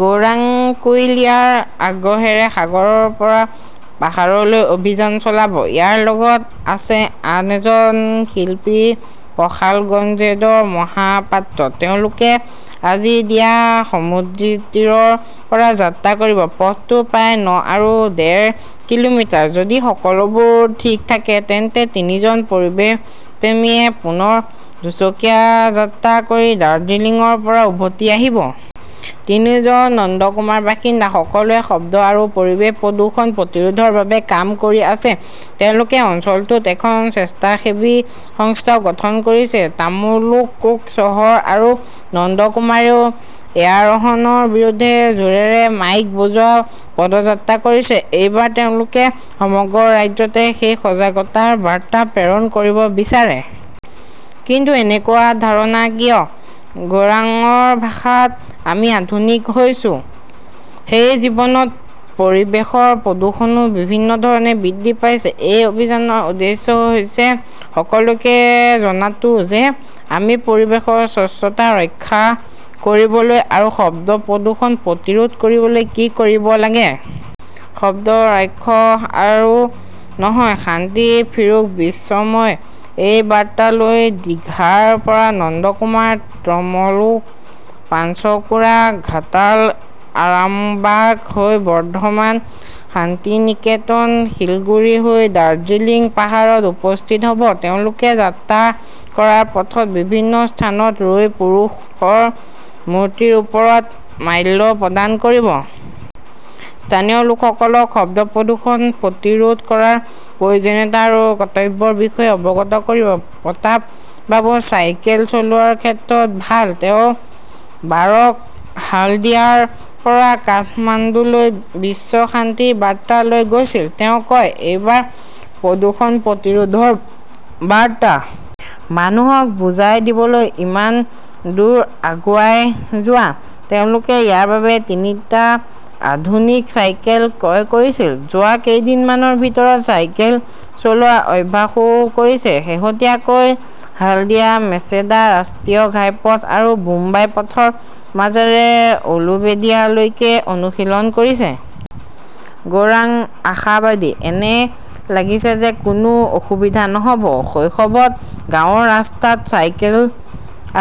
গৌৰাং কুইলিয়াৰ আগ্ৰহেৰে সাগৰৰ পৰা পাহাৰলৈ অভিযান চলাব। ইয়াৰ লগত আছে আন এজন শিল্পী পলাশ গজেন্দ্ৰ মহাপাত্ৰ। তেওঁলোকে আজি, দিঘা সমুদ্ৰতীৰৰ পৰা যাত্ৰা কৰিব। পথটো প্ৰায় ন আৰু ডেৰ কিলোমিটাৰ। যদি সকলোবোৰ ঠিক থাকে, তেন্তে তিনিজন পৰিৱেশপ্ৰেমীয়ে পুনৰ দুচকীয়া যাত্ৰা কৰি দাৰ্জিলিংৰ পৰা উভতি আহিব। তিনিওজন নন্দকুমাৰৰ বাসিন্দা। সকলোৱে শব্দ আৰু পৰিৱেশ প্ৰদূষণ প্ৰতিৰোধৰ বাবে কাম কৰি আছে। তেওঁলোকে অঞ্চলটোত এখন স্বেচ্ছাসেৱী সংস্থাও গঠন কৰিছে। তাম্লুক চহৰ আৰু নন্দকুমাৰেও এয়াৰহৰ্নৰ বিৰুদ্ধে জোৰেৰে মাইক বজোৱা পদযাত্ৰা কৰিছে। এইবাৰ তেওঁলোকে সমগ্ৰ ৰাজ্যতে সেই সজাগতাৰ বাৰ্তা প্ৰেৰণ কৰিব বিচাৰে। কিন্তু এনেকুৱা ধাৰণা কিয়? গৌৰাংৰ ভাষাত, 'আমি আধুনিক হৈছো। সেই জীৱনত পৰিৱেশৰ প্ৰদূষণও বিভিন্ন ধৰণে বৃদ্ধি পাইছে। এই অভিযানৰ উদ্দেশ্য হৈছে সকলোকে জনাটো যে আমি পৰিৱেশৰ স্বচ্ছতা ৰক্ষা কৰিবলৈ আৰু শব্দ প্ৰদূষণ প্ৰতিৰোধ কৰিবলৈ কি কৰিব লাগে। 'শব্দ ৰাক্ষস আৰু নহয়, শান্তি ফিৰুক বিশ্বময়'-এই বাৰ্তা লৈ দীঘাৰ পৰা নন্দকুমাৰ, তমলুক, পাঞ্চকুৰা, ঘাটাল, আৰামবাগ হৈ বৰ্ধমান, শান্তিনিকেতন, শিলিগুৰি হৈ দাৰ্জিলিং পাহাৰত উপস্থিত হ'ব। তেওঁলোকে যাত্ৰা কৰাৰ পথত বিভিন্ন স্থানত ৰৈ পুৰুষৰ মূৰ্তিৰ ওপৰত মাল্য প্ৰদান কৰিব। স্থানীয় লোকসকলক শব্দ প্ৰদূষণ প্ৰতিৰোধ কৰাৰ প্ৰয়োজনীয়তা আৰু কৰ্তব্যৰ বিষয়ে অৱগত কৰিব। প্ৰতাপ বাবু চাইকেল চলোৱাৰ ক্ষেত্ৰত ভাল। তেওঁ বাৰক হালদিয়াৰ পৰা কাঠমাণ্ডুলৈ বিশ্ব শান্তিৰ বাৰ্তা লৈ গৈছিল। তেওঁ কয়, 'এইবাৰ প্ৰদূষণ প্ৰতিৰোধৰ বাৰ্তা। মানুহক বুজাই দিবলৈ ইমান দূৰ আগুৱাই যোৱা। তেওঁলোকে ইয়াৰ বাবে তিনিটা আধুনিক চাইকেল ক্ৰয় কৰিছিল। যোৱা কেইদিনমানৰ ভিতৰত চাইকেল চলোৱাৰ অভ্যাসও কৰিছে। শেহতীয়াকৈ হালদিয়া-মেচেদা ৰাষ্ট্ৰীয় ঘাইপথ আৰু মুম্বাই পথৰ মাজেৰে উলুবেদিয়ালৈকে অনুশীলন কৰিছে। গৌৰাং আশাবাদী, 'এনে লাগিছে যে কোনো অসুবিধা নহ' ব। শৈশৱত গাঁৱৰ ৰাস্তাত চাইকেল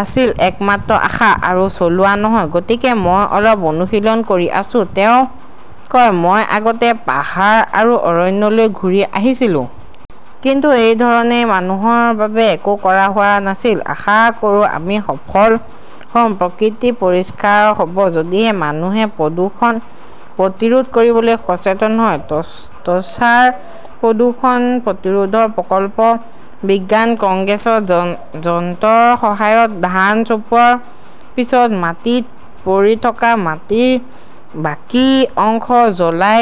আছিল একমাত্ৰ আশা। আৰু চলোৱা নহয়। গতিকে মই অলপ অনুশীলন কৰি আছোঁ। তেওঁ কয়, 'মই আগতে পাহাৰ আৰু অৰণ্যলৈ ঘূৰি আহিছিলো। কিন্তু এই ধৰণে মানুহৰ বাবে একো কৰা হোৱা নাছিল। আশা কৰোঁ আমি সফল হ'ম। প্ৰকৃতি পৰিষ্কাৰ হ 'ব যদিহে মানুহে প্ৰদূষণ প্ৰতিৰোধ কৰিবলৈ সচেতন হয়। টৰ্চাৰ প্ৰদূষণ প্ৰতিৰোধৰ প্ৰকল্প বিজ্ঞান কংগ্ৰেছত যন্ত্ৰৰ সহায়ত ধান চপোৱাৰ পিছত মাটিত পৰি থকা মাটিৰ বাকী অংশ জ্বলাই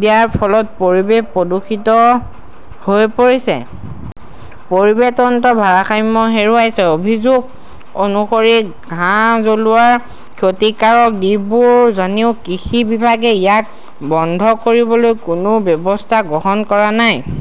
দিয়াৰ ফলত পৰিৱেশ প্ৰদূষিত হৈ পৰিছে। পৰিৱেশ তন্ত্ৰৰ ভাৰসাম্য হেৰুৱাইছে। অভিযোগ অনুসৰি, ঘাঁহ জ্বলোৱাৰ ক্ষতিকাৰক দিশবোৰ জানিও কৃষি বিভাগে ইয়াক বন্ধ কৰিবলৈ কোনো ব্যৱস্থা গ্ৰহণ কৰা নাই।